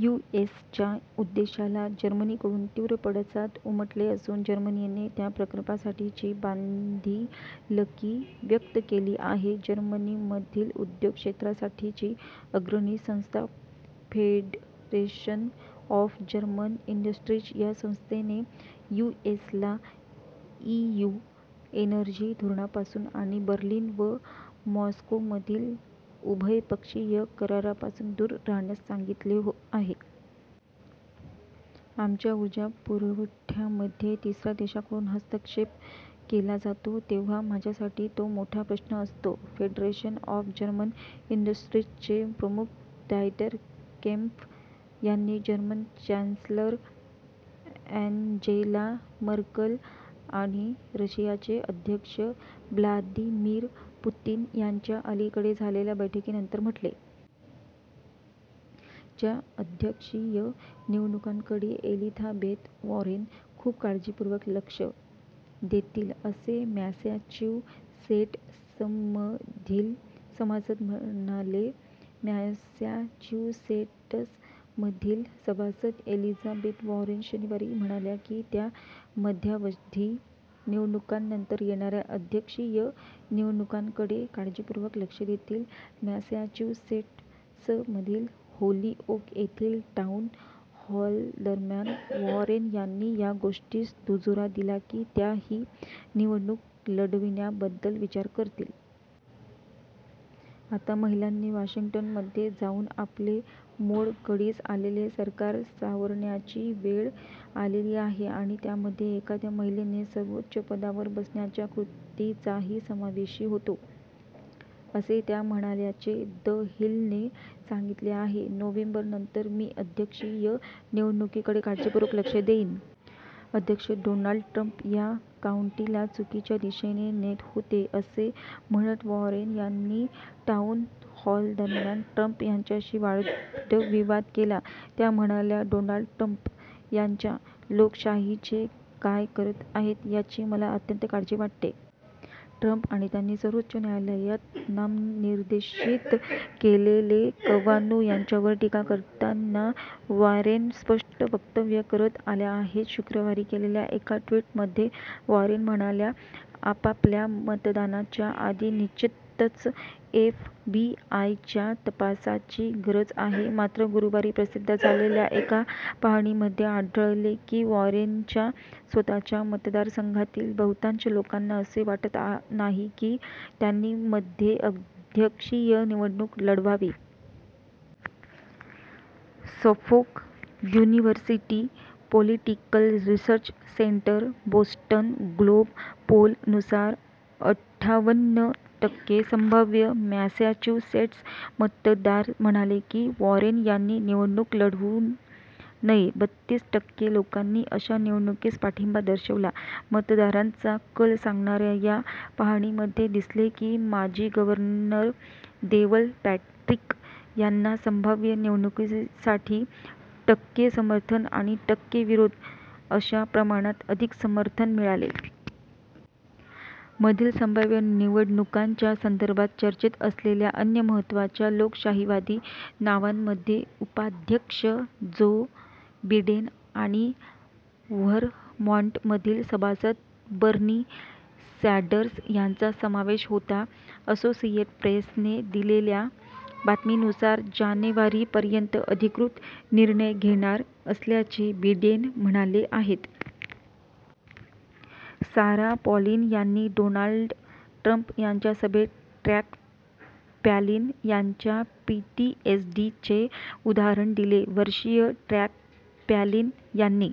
यूएसच्या उद्देशाला जर्मनीकडून तीव्र पडसाद उमटले असून जर्मनीने त्या प्रकल्पासाठीची बांधीलकी व्यक्त केली आहे. जर्मनीमधील उद्योगक्षेत्रासाठीची अग्रणी संस्था फेडरेशन ऑफ जर्मन इंडस्ट्रीज या संस्थेने यूएसला ईयू एनर्जी धोरणापासून आणि बर्लिन व मॉस्कोमधील उभय पक्षीय करारापासून दूर राहण्यास सांगितले आहे. "आमच्या उर्जा पुरवठ्यामध्ये तिसऱ्या देशाकडून हस्तक्षेप केला जातो तेव्हा माझ्यासाठी तो मोठा प्रश्न असतो," फेडरेशन ऑफ जर्मन इंडस्ट्रीजचे प्रमुख डाएटर केम्फ यांनी जर्मन चॅन्सेलर अँन्जेला मर्कल आणि रशियाचे अध्यक्ष ब्लादिमीर पुतिन यांच्या अलीकडे झालेल्या बैठकीनंतर म्हटले. च्या अध्यक्षीय निवडणुकांकडे एलिथाबेथ वॉरेन "खूप काळजीपूर्वक लक्ष" देतील, असे मॅसॅच्युसेट्समधील सभासद म्हणाले. मॅसॅच्युसेट्समधील सभासद एलिझाबेथ वॉरेन शनिवारी म्हणाल्या की त्या मध्यावधी निवडणुकांनंतर येणाऱ्या अध्यक्षीय निवडणुकांकडे "काळजीपूर्वक लक्ष" देतील. मॅसॅच्युसेट्समधील होलीओक येथील टाउन हॉलदरम्यान वॉरेन यांनी या गोष्टीस दुजोरा दिला की त्या ही निवडणूक लढविण्याबद्दल विचार करतील. "आता महिलांनी वॉशिंग्टनमध्ये जाऊन आपले मोडकळीस आलेले सरकार सावरण्याची वेळ आलेली आहे आणि त्यामध्ये एखाद्या महिलेने सर्वोच्च पदावर बसण्याच्या कृतीचाही समावेशी होतो," असे त्या म्हणाल्याचे द हिल ने सांगितले आहे. " नोव्हेंबरनंतर, मी अध्यक्षीय निवडणुकीकडे काळजीपूर्वक लक्ष देईन. " अध्यक्ष डोनाल्ड ट्रम्प "या काउंटीला चुकीच्या दिशेने नेत होते" असे म्हणत वॉरेन यांनी टाउन हॉलदरम्यान ट्रम्प यांच्याशी वादविवाद केला. त्या म्हणाल्या, "डोनाल्ड ट्रम्प आपल्या लोकशाहीचे काय करत आहेत याची मला अत्यंत काळजी वाटते. " ट्रम्प आणि त्यांनी सर्वोच्च न्यायालयात नामनिर्देशित केलेले कवानु यांच्यावर टीका करताना वॉरेन स्पष्ट वक्तव्य करत आल्या आहेत. शुक्रवारी केलेल्या एका ट्विटमध्ये, वॉरेन म्हणाल्या, "आपल्याला मतदानाच्या आधी निश्चितच एफबीआय़च्या तपासाची गरज आहे. " मात्र, गुरुवारी प्रसिद्ध झालेल्या एका पाहणीमध्ये आढळले की वॉरेनच्या स्वतःच्या मतदारसंघातील बहुतांश लोकांना असे वाटत नाही की त्यांनी मध्ये अध्यक्षीय निवडणुक लढवावी. Suffolk University Political Research Center Boston Globe poll नुसार अठ्ठावन्न टक्के "संभाव्य" मॅसॅच्युसेट्स मतदार म्हणाले की वॉरेन यांनी निवडणूक लढवू नये. बत्तीस टक्के लोकांनी अशा निवडणुकीस पाठिंबा दर्शवला. मतदारांचा कल सांगणाऱ्या या पाहणीमध्ये दिसले की माजी गव्हर्नर देवल पॅट्रिक यांना संभाव्य निवडणुकीसाठी टक्के समर्थन आणि टक्के विरोध अशा प्रमाणात अधिक समर्थन मिळाले. मधील संभाव्य निवडणुकांच्या संदर्भात चर्चेत असलेल्या अन्य महत्त्वाच्या लोकशाहीवादी नावांमध्ये उपाध्यक्ष जो बिडेन आणि व्हरमॉन्टमधील सभासद बर्नी सॅंडर्स यांचा समावेश होता. असोसिएट प्रेसने दिलेल्या बातमीनुसार जानेवारीपर्यंत अधिकृत निर्णय घेणार असल्याचे बिडेन म्हणाले आहेत. सारा पॅलिन यांनी डोनाल्ड ट्रम्प यांच्या सभेत ट्रॅक पॅलिन यांच्या पीटीएसडीचे उदाहरण दिले. वर्षीय ट्रॅक पॅलिन यांनी